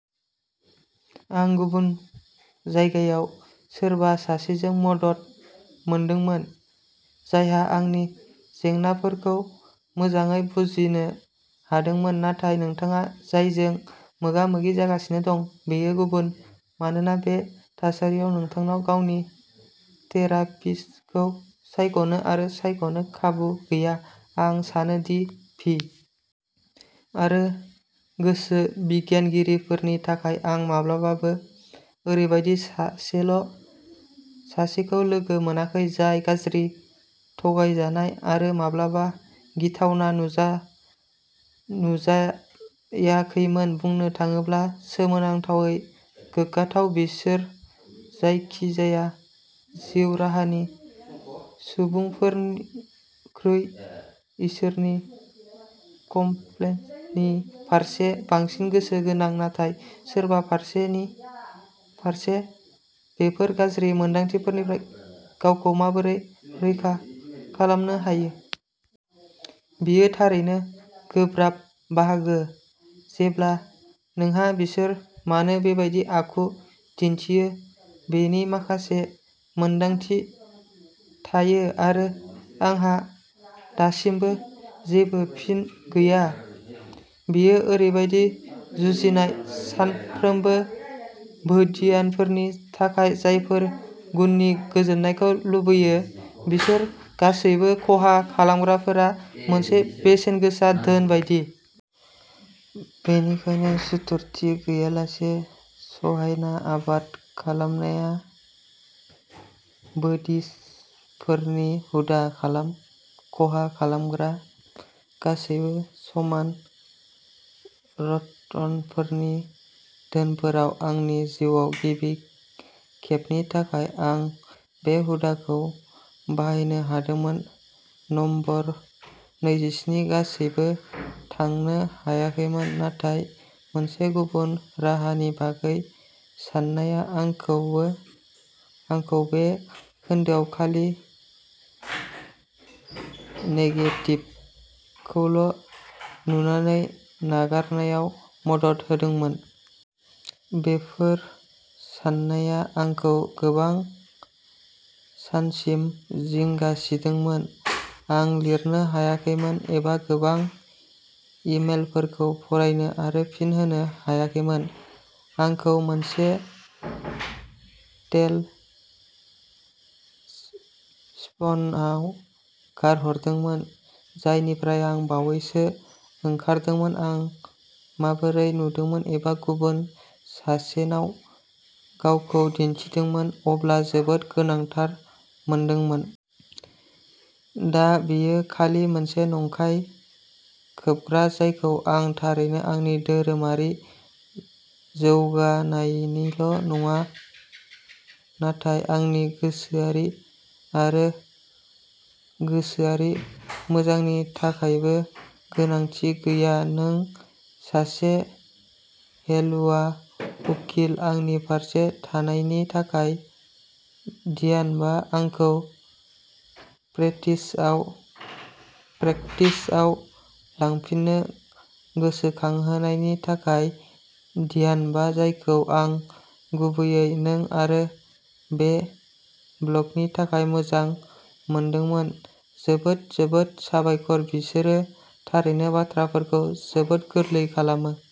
आं गुबुन जायगायाव सोरबा सासेजों मदद मोनदोंमोन जायहा आंनि जेंनाफोरखौ मोजाङै बुजिनो हादोंमोन। नाथाय नोंथाङा जायजों मोगा-मोगि जागासिनो दं, बेयो गुबुन मानोना बे थासारियाव नोंथांनाव गावनि थेरापिस्टखौ सायख'नो आरो सायख'नो खाबु गैया। आं सानो दि भि. आरो, गोसो बिगियानगिरिफोरनि थाखाय, आं माब्लाबाबो ओरैबायदि सासेल' सासेखौ लोगो मोनाखै जाय गाज्रि, थगायजानाय आरो माब्लाबा गिथावना नुजा नुजायाखैमोन-बुंनो थाङोब्ला सोमोनांथायै गोग्गाथाव। बिसोर जायखिजाया जिउ राहानि सुबुंफोरख्रुइ "इसोरनि कमप्लेक" नि फारसे बांसिन गोसो गोनां। नाथाय सोरबा सासेनि फारसे बैफोर गाज्रि मोनदांथिफोरनिफ्राय गावखौ माबोरै रैखा खालामनो हायो? बेयो थारैनो गोब्राब बाहागो, जेब्ला नोंहा बिसोर मानो बेबायदि आखु दिन्थियो बेनि माखासे मोनदांथि थायो, आरो आंहा दासिमबो जेबो फिन गैया। बेयो ओरैबादि जुजिनाय, सानफ्रोमबो। बोडियानफोरनि थाखाय जायफोरा गुननि गोजोननायखौ लुबैयो, बिसोर गासैबो खहा खालामग्राफोरा मोनसे बेसेनगोसा धोन बायदि। बेनिखायनो, सुथुरथि गैयालासे सहायनाय आबाद खालामनाया बोडिसफोरनि हुदा। खहा खालामग्रा गासैबो समान। रतनफोरनि धोनफोराव। आंनि जिउआव गिबि खेबनि थाखाय, आं बे हुदाखौ बाहायनो हादोंमोन, नम्बर नैजिस्नि। गासिबो थांनो हायाखैमोन, नाथाय मोनसे गुबुन राहानि बागै साननाया आंखौबो आंखौ बे खोन्दोआव खालि नेगेटिभखौल'नुनानै नागारनायाव मदद होदोंमोन। बैफोर साननाया आंखौ गोबां सानसिम जिंगासिदोंमोन। आं लिरनो हायाखैमोन, एबा गोबां इ-मेलफोरखौ फरायनो आरो फिन होनो हायाखैमोन। आंखौ मोनसे टेल स्पिनआव गारहरदोंमोन, जायनिफ्राय आं बावैसो ओंखारदोंमोन। आं माबोरै नुदोंमोन एबा गुबुन सासेनाव गावखौ दिन्थिदोंमोन, अब्ला जोबोद गोनांथार मोनदोंमोन। दा, बेयो खालि मोनसे नंखाय खोबग्रा जायखौ आं थारैनो आंनि धोरोमारि जौगानायनिल'नङा, नाथाय आंनि गोसोआरि आरो गोसोआरि मोजांनि थाखायबो गोनांथि गैया। नों सासे हेलुवा उकिल। आंनि फारसे थानायनि थाखाय डियानबा। आंखौ प्रेटिस आव "प्रेक्टिस" आव थांफिननो गोसोखांहोनायनि थाखाय डियानबा, जायखौ आं गुबैयै नों आरो बे ब्लगनि थाखाय मोजां मोनदोंमोन, जोबोद जोबोद साबायखर! बिसोरो थारैनो बाथ्राफोरखौ जोबोद गोरलै खालामो!